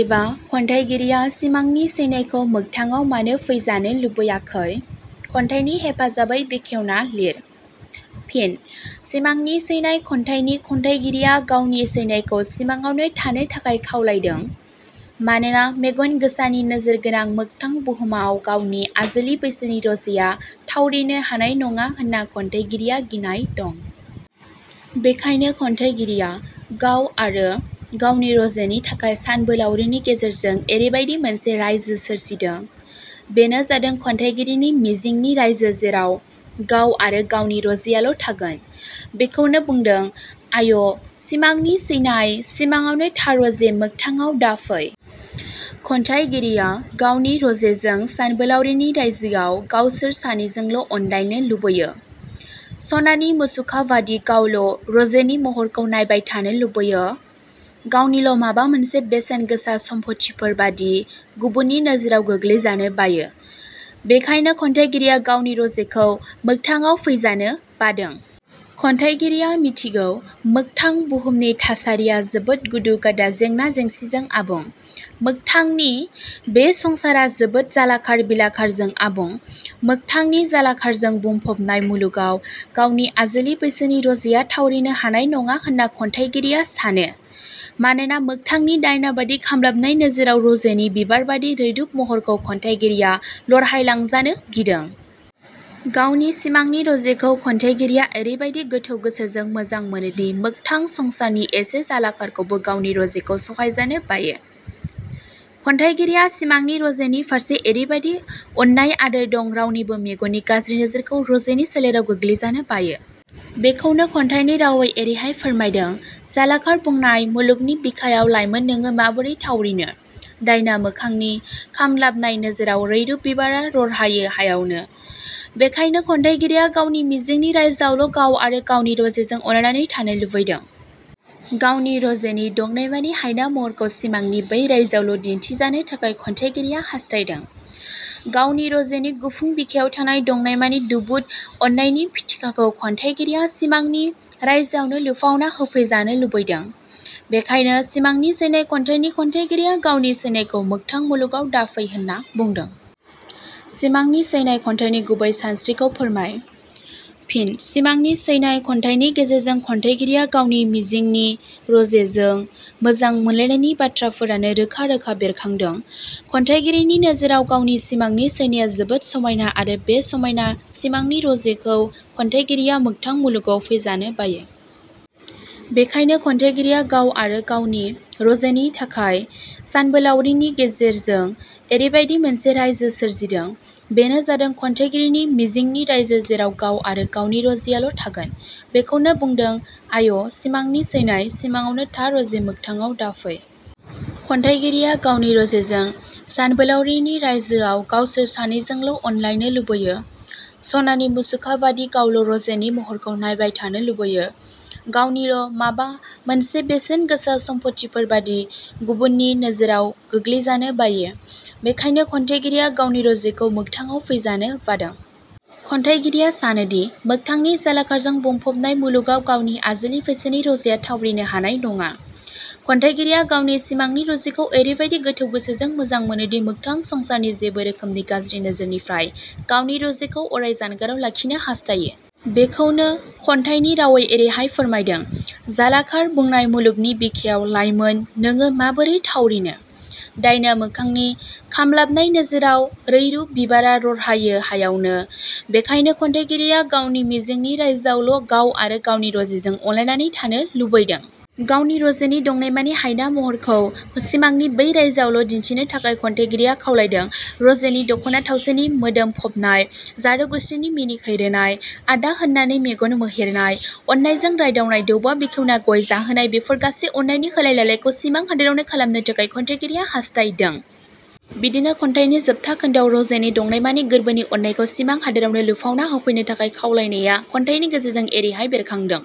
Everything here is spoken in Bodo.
"एबा" खन्थाइगिरिया सिमांनि सैनायखौ मोगथाडाव मानो फैजानो लुबैयाखै? खन्थाइनि हेफाजाबै बेखावना लिए। फिनः 'सिमांनि सैनाय' खन्थाइनि खन्थाइगिरिया गावनि सैनायखौ सिमाङावनो थानो थाखाय खावलायदों। मानोना मेगन गोसानि नोजोर गोनां मोगथां बुहुमाव गावनि आजोलि बैसोनि रजेया थावरिनो हानाय नङा होनना खन्थाइगिरिया गिनाय दं। बेखायनो खन्थाइगिरिया गाव आरो गावनि रजेनि थाखाय सानबोलावरिनि गेजेरजों एरैबादि मोनसे रायजो सोरजिदों, बेनो जादों खन्थाइगिरिनि मिजिंनि रायजो जेराव गाव आरो गावनि रजेयाल' थागोन। बेखौनो बुंदों- आय! सिमांनि सैनाय, – सिमाङावनो था रजे मोगथाङाव दाफै। खन्थाइगिरिया गावनि रजेजों सानबोलावरिनि रायजोआव गावसोर सानैजोंल' अनलायनो लुबैयो, सनानि मुसुखा बादि गावल' रजेनि महरखौ नायबाय थानो लुबैयो, गावनिल' माबा मोनसे बेसेन गोसा सम्फथिफोरबादि गुबुननि नोजोराव गोग्लैजानो बायो। बेखायनो खन्थाइगिरिया गावनि रजेखौ मोगथाडाव फैजानो बादों। खन्थाइगिरिया मिथिगौ मोगथां बुहुमनि थासारिया जोबोद गुदु-गादा, जेंना-जेंसिजों आबुं। मोगथांनि बे संसारा जोबोद जालाखार बिलाखारजों आबुं। मोगथांनि जालाखारजों बुंफबनाय मुलुगाव गावनि आजोलि बैसोनि रजेया थावरिनो हानाय नङा होननानै खन्थाइगिरिया सानो। मानोना मोगथांनि दायना बादि खामग्लाबनाय नोजोराव रजेनि बिबारबादि रैरुब महरखौ खन्थाइगिरिया लरहायलांजानो गिदों। गावनि सिमांनि रजेखौ खन्थाइगिरिया एरैबादि गोथौ गोसोजों मोजां मोनोदि मोगथां संसारनि इसे जारलाखौबो गावनि रजेखौ सहायजानो बायो। खन्थाइगिरिया सिमांनि रजेनि फारसे एरैबादि अननाय आदोर दं रावनिबो मेगननि गाज्रि नोजोरखौ रजेनि सोलेराव गोग्लैजानो बायो। बेखौनो खन्थाइनि रावै एरैहाय फोरमायदों- जालाखार बुंनाय मुलुंगनि बिखायाव लाइमोन नोडो माबोरै थावरिनो? दायना मोखांनि खामद्लाबनाय नोजोराव रैरुब बिबारा रहायो हायावनो। बेखायनो, खन्थाइगिरिया गावनि मिजिंनि रायजोआवल' गाव आरो गावनि रजेजों अनलायनानै थानो लुबैदों। गावनि रजेनि दंनायमानि हायना महरखौ सिमांनि बै रायजोआवल' दिन्थिजानो थाखाय खन्थाइगिरिया हास्थायदों। गावनि रजेनि गुफुं बिखायाव थानाय दंनायमानि दुबुद अननायनि फिथिखाखौ खन्थाइगिरिया सिमांनि रायजोआवनो लुफावना होफैजानो लुबैदों। बेखायनो सिमांनि सैनाय खन्याइनि खन्थाइगिरिया गावनि सैनायखौ मोगथां मुलुगाव दाफै होनना बुंदों।. सिमांनि सैनाय' खन्थाइनि गुबै सानस्रिखौ फोरमाय? फिनः 'सिमां सैनाय' खन्थाइनि गेजेरजों खन्थाइगिरिया गावनि मिजिंनि रजेजों मोजां मोनलायनायनि बाथ्राफोरानो रोखा रोखा बेरखांदों। खन्थाइगिरिनि नोजोराव गावनि सिमांनि सैनाया जोबोद समायना आरो बे समायना सिमांनि रजेखौ खन्थाइगिरिया मोगथां मुलुगाव फैजानो बायो। बेखायनो खन्थाइगिरिया गाव आरो गावनि रजेनि थाखाय सानबोलावरिनि गेजेरजों एरैबादि मोनसे रायजो सोरजिदों, बेनो जादों खन्थाइगिरिनि मिजिंनि रायजो जेराव गाव आरो गावनि रजेयाल' थागोन। बेखौनो बुंदों- आय! सिमांनि सैनाय, – सिमाङावनो था रजे मोगथाङाव दाफै। खन्थाइगिरिया गावनि रजेजों सानबोलावरिनि रायजोआव गावसोर 'सानैजोंल' अनलायनो लुबैयो, सनानि मुसुखा बादि गावल' रजेनि महरखौ नायबाय थानो लुबैयो, गावनिल' माबा मोनसे बेसेन गोसा सम्फथिफोरबादि गुबुननि नोजोराव गोग्लैजानो बायो। बेखायनो खन्थाइगिरिया गावनि रजेखौ मोगथाडाव फैजानो बादों। खन्थाइगिरिया सानोदि मोगथांनि जालाखारजों बुंफबनाय मुलुगाव गावनि आजोलि बैसोनि रजेया थावरिनो हानाय नङा। खन्थाइगिरिया गावनि सिमांनि रजेखौ एरैबादि गोथौ गोसोजों मोजां मोनोदि मोगथां संसारनि जेबो रोखोमनि गाज्रि नोजोरनिफ्राय गावनि रजेखौ अराय जानगाराव लाखिनो हास्थायो। बेखौनो खन्थाइनि रावै एरैहाय फोरमायदों- जालाखार बुंनाय मुलुगनि बिखायाव लाइमोन 'नोङो माबोरै थावरिनो? दायना मोखांनि खामलाबनाय नोजोराव रैरुब बिबारा रहायनो हायावनो। बेखायनो खन्थाइगिरिया गावनि मिजिंनि रायजोआवल' गाव आरो गावनि रजेजों अनलायनानै थानो लुबैदों। गावनि रजेनि दंनायमानि हायना महरखौ सिमांनि बै रायजोआवल' दिन्थिनो थाखाय खन्थाइगिरिया – खावलायदों। रजेनि दखना थावसिनि मोदोमफबनाय, जारौ गुस्थिनि मिनिखैरोनाय, आदा होननानै मेगन मोहेरना अननायजों रायदावनाय, दौबा बेखेवना गय जाहोनाय बेफोर गासै अननायनि होलाय लालायखौ सिमां हादोरावनो खालामनो होननानै खन्थाइगिरिया हास्थायदों। बिदिनो खन्थाइनि जोबथा खोन्दोआव रजेनि दंनायमानि गोरबोनि अननायखौ सिमां हादोरावनो लुफावना होफैनो थाखाय खावलायनाया खन्थाइनि गेजेरजों एरैहाय बेरखांदों-।